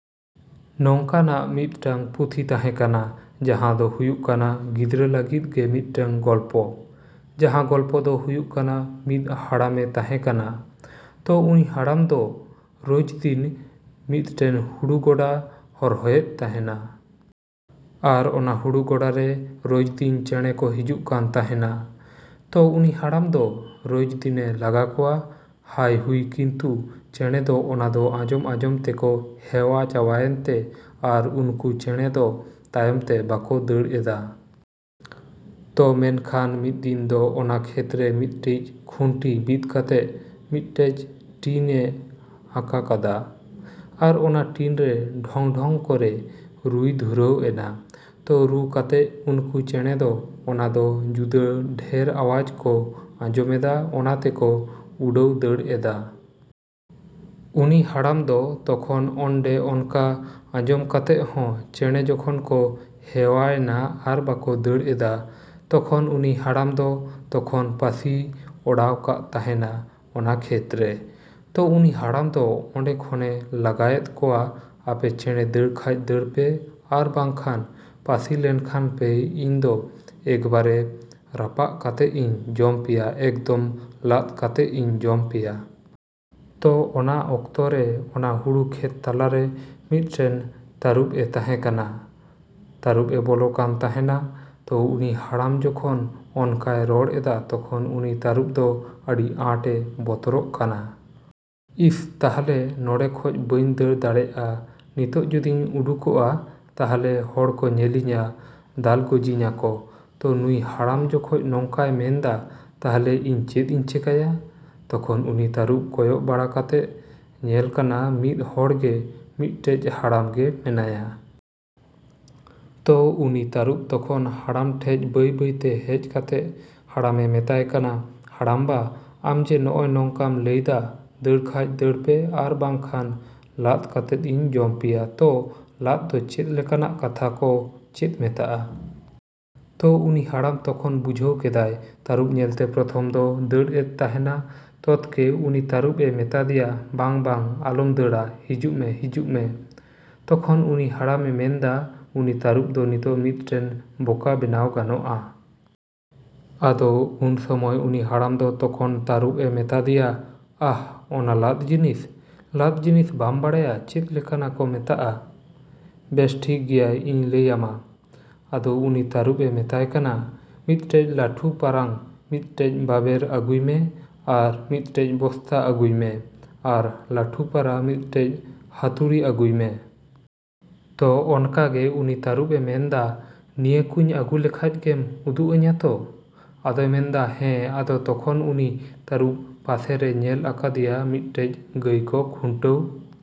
ᱱᱚᱝᱠᱟᱱᱟᱜ ᱢᱤᱫᱴᱟᱝ ᱯᱩᱛᱷᱤ ᱛᱟᱸᱦᱮ ᱠᱟᱱᱟ ᱡᱟᱸᱦᱟ ᱫᱚ ᱦᱩᱭᱩᱜ ᱠᱟᱱᱟ ᱜᱤᱫᱽᱨᱟᱹ ᱞᱟᱹᱜᱤᱫ ᱜᱮ ᱢᱤᱫᱴᱟᱝ ᱜᱚᱞᱯᱚ᱾ ᱡᱟᱸᱦᱟ ᱜᱚᱞᱯᱚ ᱫᱚ ᱦᱩᱭᱩᱜ ᱠᱟᱱᱟ ᱢᱤᱫ ᱦᱟᱲᱟᱢᱮ ᱛᱟᱸᱦᱮ ᱠᱟᱱᱟ᱾ ᱛᱚ ᱩᱱᱤ ᱦᱟᱲᱟᱢ ᱫᱚ ᱨᱳᱡᱽᱫᱤᱱ ᱢᱤᱫᱴᱮᱱ ᱦᱩᱲᱩ ᱜᱚᱰᱟ ᱦᱚᱨᱦᱚᱭᱮᱫ ᱛᱟᱸᱦᱮᱱᱟ᱾ ᱟᱨ ᱚᱱᱟ ᱦᱩᱲᱩ ᱜᱚᱰᱟᱨᱮ ᱨᱳᱡᱽᱫᱤᱱ ᱪᱮᱸᱬᱮ ᱠᱚ ᱦᱤᱡᱩᱜ ᱠᱟᱱ ᱛᱟᱸᱦᱮᱱᱟ᱾ ᱛᱚ ᱩᱱᱤ ᱦᱟᱲᱟᱢ ᱫᱚ ᱨᱳᱡᱽᱫᱤᱱᱮ ᱞᱟᱜᱟ ᱠᱚᱣᱟ ᱦᱟᱭᱼᱦᱩᱭ ᱠᱤᱱᱛᱩ ᱪᱮᱸᱬᱮ ᱫᱚ ᱚᱱᱟ ᱫᱚ ᱟᱸᱡᱚᱢ ᱟᱸᱡᱚᱢ ᱛᱮᱠᱚ ᱦᱮᱣᱟ ᱪᱟᱵᱟᱭᱮᱱ ᱛᱮ ᱟᱨ ᱩᱱᱠᱩ ᱪᱮᱸᱬᱮ ᱫᱚ ᱛᱟᱭᱚᱢᱛᱮ ᱵᱟᱠᱚ ᱫᱟᱹᱲ ᱮᱫᱟ᱾ ᱛᱚ ᱢᱮᱱᱠᱷᱟᱱ ᱢᱤᱫ ᱫᱤᱱ ᱫᱚ ᱚᱱᱟ ᱠᱷᱮᱛᱨᱮ ᱢᱤᱫᱴᱤᱡ ᱠᱷᱩᱱᱴᱤ ᱵᱤᱫ ᱠᱟᱛᱮᱜ ᱢᱤᱫᱴᱮᱡ ᱴᱤᱱ ᱮ ᱟᱸᱠᱟ ᱠᱟᱫᱟ᱾ ᱟᱨ ᱚᱱᱟ ᱴᱤᱱ ᱨᱮ ᱰᱷᱚᱝ ᱰᱷᱚᱝ ᱠᱚᱨᱮ ᱨᱩᱭ ᱫᱷᱩᱨᱟᱹᱣ ᱮᱱᱟ᱾ ᱛᱚ ᱨᱩ ᱠᱟᱛᱮᱜ ᱩᱱᱠᱩ ᱪᱮᱸᱬᱮ ᱫᱚ ᱚᱱᱟᱫᱚ ᱡᱩᱫᱟᱹ ᱰᱷᱮᱨ ᱟᱣᱟᱡ ᱠᱚ ᱟᱸᱡᱚᱢᱮᱫᱟ ᱚᱱᱟ ᱛᱮᱠᱚ ᱩᱰᱟᱹᱣ ᱫᱟᱹᱲ ᱮᱫᱟ᱾ ᱩᱱᱤ ᱦᱟᱲᱟᱢ ᱫᱚ ᱛᱚᱠᱷᱚᱱ ᱚᱱᱰᱮ ᱚᱱᱠᱟ ᱟᱸᱡᱚᱢ ᱠᱟᱛᱮᱜ ᱦᱚᱸ ᱪᱮᱸᱬᱮ ᱡᱚᱠᱷᱚᱱ ᱠᱚ ᱦᱮᱣᱟᱭᱮᱱᱟ ᱟᱨ ᱵᱟᱠᱚ ᱫᱟᱹᱲ ᱮᱫᱟ ᱛᱚᱠᱷᱚᱱ ᱩᱱᱤ ᱦᱟᱲᱟᱢ ᱫᱚ ᱛᱚᱠᱷᱚᱱ ᱯᱟᱹᱥᱤ ᱚᱰᱟᱣ ᱠᱟᱜ ᱛᱟᱸᱦᱮᱱ ᱚᱱᱟ ᱠᱷᱮᱛᱨᱮ᱾ ᱛᱚ ᱩᱱᱤ ᱦᱟᱲᱟᱢ ᱫᱚ ᱚᱸᱰᱮ ᱠᱷᱚᱱᱮ ᱞᱟᱜᱟᱭᱮᱫ ᱠᱚᱣᱟ ᱟᱯᱮ ᱪᱮᱸᱬᱮ ᱫᱟᱹᱲ ᱠᱷᱟᱡ ᱫᱟᱹᱲ ᱯᱮ ᱟᱨ ᱵᱟᱝᱠᱷᱟᱱ ᱯᱟᱹᱥᱤ ᱞᱮᱱᱠᱷᱟᱱ ᱯᱮ ᱤᱧ ᱫᱚ ᱮᱠᱵᱟᱨᱮ ᱨᱟᱯᱟᱜ ᱠᱟᱛᱮᱜ ᱤᱧ ᱡᱚᱢ ᱯᱮᱭᱟ ᱮᱠᱫᱚᱢ ᱞᱟᱫ ᱠᱟᱛᱮᱜ ᱤᱧ ᱡᱚᱢ ᱯᱮᱭᱟ᱾ ᱛᱚ ᱚᱱᱟ ᱚᱠᱛᱚ ᱨᱮ ᱚᱱᱟ ᱦᱩᱲᱩ ᱠᱷᱮᱛ ᱛᱟᱞᱟᱨᱮ ᱢᱤᱫᱴᱮᱱ ᱛᱟᱹᱨᱩᱵᱽ ᱮ ᱛᱟᱸᱦᱮ ᱠᱟᱱᱟ᱾ ᱛᱟᱹᱨᱩᱵᱽ ᱮ ᱵᱚᱞᱚ ᱠᱟᱱ ᱛᱟᱸᱦᱮᱱᱟ᱾ ᱛᱚ ᱩᱱᱤ ᱦᱟᱲᱟᱢ ᱡᱚᱠᱷᱚᱱ ᱚᱱᱠᱟᱭ ᱨᱚᱲ ᱮᱫᱟ ᱛᱚᱠᱷᱚᱱ ᱩᱱᱤ ᱛᱟᱹᱨᱩᱵᱽ ᱫᱚ ᱟᱹᱰᱤ ᱟᱸᱴ ᱮ ᱵᱚᱛᱚᱨᱚᱜ ᱠᱟᱱᱟ᱾ ᱤᱥ ᱛᱟᱦᱞᱮ ᱱᱚᱰᱮ ᱠᱷᱚᱡ ᱵᱟᱹᱧ ᱫᱟᱹᱲ ᱫᱟᱲᱮᱜᱼᱟ, ᱱᱤᱛᱚᱜ ᱡᱚᱫᱤᱧ ᱩᱰᱩᱠᱚᱜᱼᱟ ᱛᱟᱦᱞᱮ ᱦᱚᱲ ᱠᱚ ᱧᱮᱞᱤᱧᱟ, ᱫᱟᱞ ᱜᱚᱡᱤᱧ ᱟᱠᱚ᱾ ᱛᱚ ᱱᱩᱭ ᱦᱟᱲᱟᱢ ᱡᱚᱠᱷᱚᱡ ᱱᱚᱝᱠᱟᱭ ᱢᱮᱱᱫᱟ ᱛᱟᱦᱞᱮ ᱤᱧ ᱪᱮᱫ ᱤᱧ ᱪᱮᱠᱟᱭᱟ? ᱛᱚᱠᱷᱚᱱ ᱩᱱᱤ ᱛᱟᱹᱨᱩᱵᱽ ᱠᱚᱭᱚᱜ ᱵᱟᱲᱟ ᱠᱟᱛᱮᱜ ᱧᱮᱞ ᱠᱟᱱᱟ ᱢᱤᱫ ᱦᱚᱲᱜᱮ ᱢᱤᱫᱴᱮᱡ ᱦᱟᱲᱟᱢ ᱜᱮ ᱢᱮᱱᱟᱭᱟ᱾ ᱛᱚ ᱩᱱᱤ ᱛᱟᱹᱨᱩᱵᱽ ᱛᱚᱠᱷᱚᱱ ᱦᱟᱲᱟᱢ ᱴᱷᱮᱡ ᱵᱟᱹᱭᱼᱵᱟᱹᱭᱛᱮ ᱦᱮᱡ ᱠᱟᱛᱮᱜ ᱦᱟᱲᱟᱢᱮ ᱢᱮᱛᱟᱭ ᱠᱟᱱᱟ, ᱦᱟᱲᱟᱢ ᱵᱟ ᱟᱢᱡᱮ ᱱᱚᱜᱼᱚᱭ ᱱᱚᱝᱠᱟᱢ ᱞᱟᱹᱭ ᱫᱟ ᱫᱟᱹᱲ ᱠᱷᱟᱡ ᱫᱟᱹᱲ ᱯᱮ ᱟᱨ ᱵᱟᱝᱠᱷᱟᱱ ᱞᱟᱫ ᱠᱟᱛᱮᱜ ᱤᱧ ᱡᱚᱢ ᱯᱮᱭᱟ ᱛᱚ ᱞᱟᱫ ᱫᱚ ᱪᱮᱫ ᱞᱮᱠᱟᱱᱟᱜ ᱠᱟᱛᱷᱟ ᱠᱚ ᱪᱮᱫ ᱢᱮᱛᱟᱜᱼᱟ? ᱛᱚ ᱩᱱᱤ ᱦᱟᱲᱟᱢ ᱛᱚᱠᱷᱚᱱ ᱵᱩᱡᱷᱟᱹᱣ ᱠᱮᱫᱟᱭ ᱛᱟᱹᱨᱩᱵᱽ ᱧᱮᱞᱛᱮ ᱯᱨᱚᱛᱷᱚᱢ ᱫᱚ ᱫᱟᱹᱲ ᱮᱫ ᱛᱟᱸᱦᱮᱱᱟ ᱛᱚᱛᱠᱮ ᱩᱱᱤ ᱛᱟᱹᱨᱩᱵᱽ ᱮ ᱢᱮᱛᱟᱫᱮᱭᱟ ᱵᱟᱝ ᱵᱟᱝ ᱟᱞᱚᱢ ᱫᱟᱹᱲᱟ ᱦᱤᱡᱩᱜ ᱢᱮ ᱦᱤᱡᱩᱜ ᱢᱮ᱾ ᱛᱚᱠᱷᱚᱱ ᱩᱱᱤ ᱦᱟᱲᱟᱢᱮ ᱢᱮᱱᱫᱟ ᱩᱱᱤ ᱛᱟᱹᱨᱩᱵᱽ ᱫᱚ ᱱᱤᱛᱚᱜ ᱢᱤᱫᱴᱮᱱ ᱵᱚᱠᱟ ᱵᱮᱱᱟᱣ ᱜᱟᱱᱚᱜᱼᱟ᱾ ᱟᱫᱚ ᱩᱱ ᱥᱚᱢᱚᱭ ᱩᱱᱤ ᱦᱟᱲᱟᱢ ᱫᱚ ᱛᱚᱠᱷᱚᱱ ᱛᱟᱹᱨᱩᱵᱽ ᱮ ᱢᱮᱛᱟ ᱫᱮᱭᱟ ᱚᱦ ᱚᱱᱟ ᱞᱟᱫ ᱡᱤᱱᱤᱥ, ᱞᱟᱫ ᱡᱤᱱᱤᱥ ᱵᱟᱢ ᱵᱟᱲᱟᱭᱟ ᱪᱮᱫ ᱞᱮᱠᱟᱱᱟ ᱠᱚ ᱢᱮᱛᱟᱜᱼᱟ, ᱵᱮᱥ ᱴᱷᱤᱠ ᱜᱮᱭᱟ ᱤᱧ ᱞᱟᱹᱭ ᱟᱢᱟ᱾ ᱟᱫᱚ ᱩᱱᱤ ᱛᱟᱹᱨᱩᱵᱽ ᱮ ᱢᱮᱛᱟᱭ ᱠᱟᱱᱟ ᱢᱤᱫᱴᱮᱡ ᱞᱟᱹᱴᱷᱩ ᱯᱟᱨᱟᱝ ᱢᱤᱫᱴᱮᱡ ᱵᱟᱵᱮᱨ ᱟᱹᱜᱩᱭ ᱢᱮ ᱟᱨ ᱢᱤᱫᱴᱮᱡ ᱵᱚᱥᱛᱟ ᱟᱹᱜᱩᱭ ᱢᱮ, ᱟᱨ ᱞᱟᱹᱴᱷᱩ ᱯᱟᱨᱟ ᱢᱤᱫᱴᱮᱡ ᱦᱟᱹᱛᱩᱲᱤ ᱟᱹᱜᱩᱭ ᱢᱮ᱾ ᱛᱚ ᱚᱱᱠᱟ ᱜᱮ ᱩᱱᱤ ᱛᱟᱹᱨᱩᱵᱽ ᱮ ᱢᱮᱱᱫᱟ ᱱᱤᱭᱟᱹᱠᱩᱧ ᱟᱹᱜᱩ ᱞᱮᱠᱷᱟᱡ ᱜᱮᱢ ᱩᱫᱩᱜ ᱟᱹᱧᱟ ᱛᱚ᱾ ᱟᱫᱚᱭ ᱢᱮᱱᱫᱟ ᱦᱮᱸ ᱟᱫᱚ ᱛᱚᱠᱷᱚᱱ ᱩᱱᱤ ᱛᱟᱹᱨᱩᱵᱽ ᱯᱟᱥᱮᱨᱮ ᱧᱮᱞ ᱟᱠᱟᱫᱮᱭᱟ ᱢᱤᱫᱴᱮᱡ ᱜᱟᱹᱭ ᱠᱚ ᱠᱷᱩᱱᱴᱟᱹᱣᱼᱼ